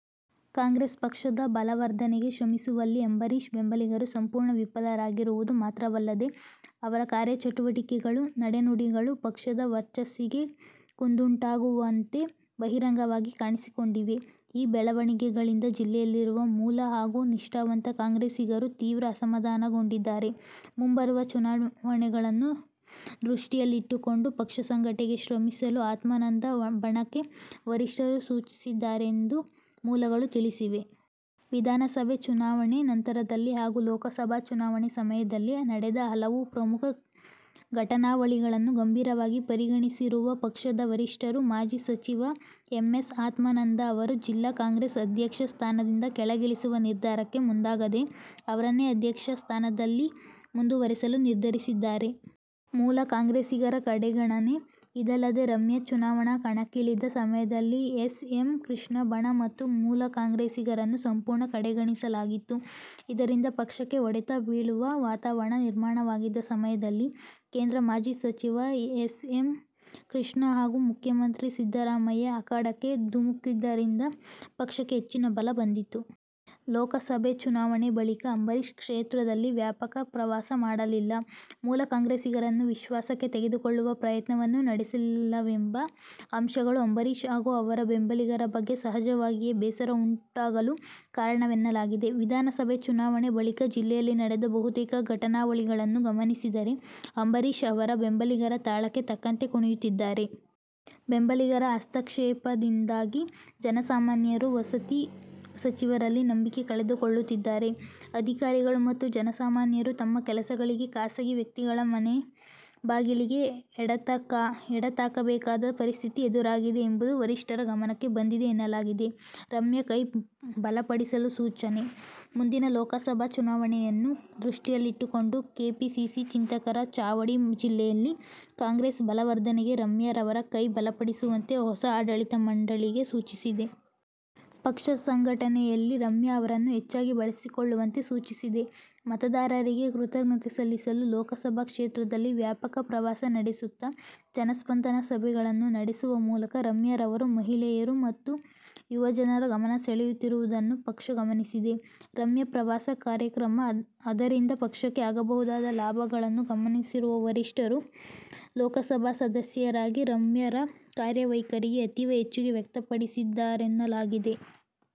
ಕಾಂಗ್ರೆಸ್ ಪಕ್ಷದ ಬಲವರ್ಧನೆಗೆ ಶ್ರಮಿಸುವಲ್ಲಿ ಅಂಬರೀಶ್ ಬೆಂಬಲಿಗರು ಸಂಪೂರ್ಣ ವಿಫಲರಾಗಿರುವುದು ಮಾತ್ರವಲ್ಲದೆ, ಅವರ ಕಾರ್ಯಚಟುವಟಿಕೆಗಳು, ನಡೆ-ನುಡಿಗಳು ಪಕ್ಷದ ವರ್ಚಸ್ಸಿಗೆ ಕುಂದುಂಟಾಗುವಂತೆ ಬಹಿರಂಗವಾಗಿ ಕಾಣಿಸಿಕೊಂಡಿವೆ. ಈ ಬೆಳವಣಿಗೆಗಳಿಂದ ಜಿಲ್ಲೆಯಲ್ಲಿರುವ ಮೂಲ ಹಾಗೂ ನಿಷ್ಠಾವಂತ ಕಾಂಗ್ರೆಸ್ಸಿಗರು ತೀವ್ರ ಅಸಮಾಧಾನಗೊಂಡಿದ್ದಾರೆ. ಮುಂಬರುವ ಚುನಾವಣೆಗಳನ್ನು ದೃಷ್ಟಿಯಲ್ಲಿಟ್ಟುಕೊಂಡು ಪಕ್ಷ ಸಂಘಟನೆಗೆ ಶ್ರಮಿಸಲು ಆತ್ಮಾನಂದ ಬಣಕ್ಕೆ ವರಿಷ್ಠರು ಸೂಚಿಸಿದ್ದಾರೆಂದು ಮೂಲಗಳು ತಿಳಿಸಿವೆ. ವಿಧಾನಸಭೆ ಚುನಾವಣೆ ನಂತರದಲ್ಲಿ ಹಾಗೂ ಲೋಕಸಭಾ ಚುನಾವಣೆ ಸಮಯದಲ್ಲಿ ನಡೆದ ಹಲವು ಪ್ರಮುಖ ಘಟನಾವಳಿಗಳನ್ನು ಗಂಭೀರವಾಗಿ ಪರಿಗಣಿಸಿರುವ ಪಕ್ಷದ ವರಿಷ್ಠರು ಮಾಜಿ ಸಚಿವ ಎಂ. ಎಸ್. ಆತ್ಮಾನಂದ ಅವರನ್ನು ಜಿಲ್ಲಾ ಕಾಂಗ್ರೆಸ್ ಅಧ್ಯಕ್ಷ ಸ್ಥಾನದಿಂದ ಕೆಳಗಿಳಿಸುವ ನಿರ್ಧಾರಕ್ಕೆ ಮುಂದಾಗದೆ ಅವರನ್ನೇ ಅಧ್ಯಕ್ಷ ಸ್ಥಾನದಲ್ಲಿ ಮುಂದುವರೆಸಲು ನಿರ್ಧರಿಸಿದ್ದಾರೆ. ಮೂಲ ಕಾಂಗ್ರೆಸ್ಸಿಗರ ಕಡೆಗಣನೆ:ಇದಲ್ಲದೆ ರಮ್ಯಾ ಚುನಾವಣಾ ಕಣಕ್ಕಿಳಿದ ಸಮಯದಲ್ಲಿ ಎಸ್. ಎಂ. ಕೃಷ್ಣ ಬಣ ಮತ್ತು ಮೂಲ ಕಾಂಗ್ರೆಸ್ಸಿಗರನ್ನು ಸಂಪೂರ್ಣ ಕಡೆಗಣಿಸಲಾಗಿತ್ತು. ಇದರಿಂದ ಪಕ್ಷಕ್ಕೆ ಹೊಡೆತ ಬೀಳುವ ವಾತಾವರಣ ನಿರ್ಮಾಣವಾಗಿದ್ದ ಸಮಯದಲ್ಲಿ ಕೇಂದ್ರ ಮಾಜಿ ಸಚಿವ ಎಸ್. ಎಂ. ಕೃಷ್ಣ ಹಾಗೂ ಮುಖ್ಯಮಂತ್ರಿ ಸಿದ್ದರಾಮಯ್ಯ ಅಖಾಡಕ್ಕೆ ಧುಮುಕಿದ್ದರಿಂದ ಪಕ್ಷಕ್ಕೆ ಹೆಚ್ಚಿನ ಬಲ ಬಂದಿತು. ಲೋಕಸಭೆ ಚುನಾವಣೆ ಬಳಿಕ ಅಂಬರೀಶ್ ಕ್ಷೇತ್ರದಲ್ಲಿ ವ್ಯಾಪಕ ಪ್ರವಾಸ ಮಾಡಲಿಲ್ಲ. ಮೂಲ ಕಾಂಗ್ರೆಸ್ಸಿಗರನ್ನು ವಿಶ್ವಾಸಕ್ಕೆ ತೆಗೆದುಕೊಳ್ಳುವ ಪ್ರಯತ್ನವನ್ನೂ ನಡೆಸಲಿಲ್ಲವೆಂಬ ಅಂಶಗಳು ಅಂಬರೀಶ್ ಹಾಗೂ ಅವರ ಬೆಂಬಲಿಗರ ಬಗ್ಗೆ ಸಹಜವಾಗಿಯೇ ಬೇಸರ ಉಂಟಾಗಲು ಕಾರಣವೆನ್ನಲಾಗಿದೆ. ವಿಧಾನಸಬೆ ಚುನಾವಣೆ ಬಳಿಕ ಜಿಲ್ಲೆಯಲ್ಲಿ ನಡೆದ ಬಹುತೇಕ ಘಟನಾವಳಿಗಳನ್ನು ಗಮನಿಸಿದರೆ ಅಂಬರೀಶ್ ಅವರ ಬೆಂಬಲಿಗರ ತಾಳಕ್ಕೆ ತಕ್ಕಂತೆ ಕುಣಿಯುತ್ತಿದ್ದಾರೆ. ಬೆಂಬಲಿಗರ ಹಸ್ತಕ್ಷೇಪದಿಂದಾಗಿ ಜನಸಾಮಾನ್ಯರು ವಸತಿ ಸಚಿವರಲ್ಲಿ ನಂಬಿಕೆ ಕಳೆದುಕೊಳ್ಳುತ್ತಿದ್ದಾರೆ. ಅಧಿಕಾರಿಗಳು ಮತ್ತು ಜನಸಾಮಾನ್ಯರು ತಮ್ಮ ಕೆಲಸಗಳಿಗೆ ಖಾಸಗಿ ವ್ಯಕ್ತಿಗಳ ಮನೆ ಬಾಗಿಲಿಗೆ ಎಡತಾಕಬೇಕಾದ ಪರಿಸ್ಥಿತಿ ಎದುರಾಗಿದೆ ಎಂಬುದು ವರಿಷ್ಠರ ಗಮನಕ್ಕೆ ಬಂದಿದೆ ಎನ್ನಲಾಗಿದೆ. ರಮ್ಯಾ ಕೈ ಬಲಪಡಿಸಲು ಸೂಚನೆ:ಮುಂದಿನ ಲೋಕಸಭಾ ಚುನಾವಣೆಯನ್ನು ದೃಷ್ಟಿಯಲ್ಲಿಟ್ಟುಕೊಂಡು ಕೆಪಿಸಿಸಿ ಚಿಂತಕರ ಚಾವಡಿ ಜಿಲ್ಲೆಯಲ್ಲಿ ಕಾಂಗ್ರೆಸ್ ಬಲವರ್ಧನೆಗೆ ರಮ್ಯಾರವರ ಕೈ ಬಲಪಡಿಸುವಂತೆ ಹೊಸ ಆಡಳಿತ ಮಂಡಳಿಗೆ ಸೂಚಿಸಿದೆ. ಪಕ್ಷ ಸಂಘಟನೆಯಲ್ಲಿ ರಮ್ಯಾ ಅವರನ್ನು ಹೆಚ್ಚಾಗಿ ಬಳಸಿಕೊಳ್ಳುವಂತೆ ಸೂಚಿಸಿದೆ. ಮತದಾರರಿಗೆ ಕೃತಜ್ಞತೆ ಸಲ್ಲಿಸಲು ಲೋಕಸಬಾ ಕ್ಷೇತ್ರದಲ್ಲಿ ವ್ಯಾಪಕ ಪ್ರವಾಸ ನಡೆಸುತ್ತಾ, ಜನಸ್ಪಂದನ ಸಭೆಗಳನ್ನು ನಡೆಸುವ ಮೂಲಕ ರಮ್ಯಾರವರು ಮಹಿಳೆಯರು ಮತ್ತು ಯುವ ಜನರ ಗಮನಸೆಳೆಯುತ್ತಿರುವುದನ್ನು ಪಕ್ಷ ಗಮನಿಸಿದೆ. ರಮ್ಯಾ ಪ್ರವಾಸ ಕಾರ್ಯಕ್ರಮ, ಅದರಿಂದ ಪಕ್ಷಕ್ಕೆ ಆಗಬಹುದಾದ ಲಾಭಗಳನ್ನು ಗಮನಿಸಿರುವ ವರಿಷ್ಠರು ಲೋಕಸಭಾ ಸದಸ್ಯರಾಗಿ ರಮ್ಯಾರ ಕಾರ್ಯವೈಖರಿಗೆ ಅತೀವ ಮೆಚ್ಚುಗೆ ವ್ಯಕ್ತಪಡಿಸಿದ್ದಾರೆನ್ನಲಾಗಿದೆ.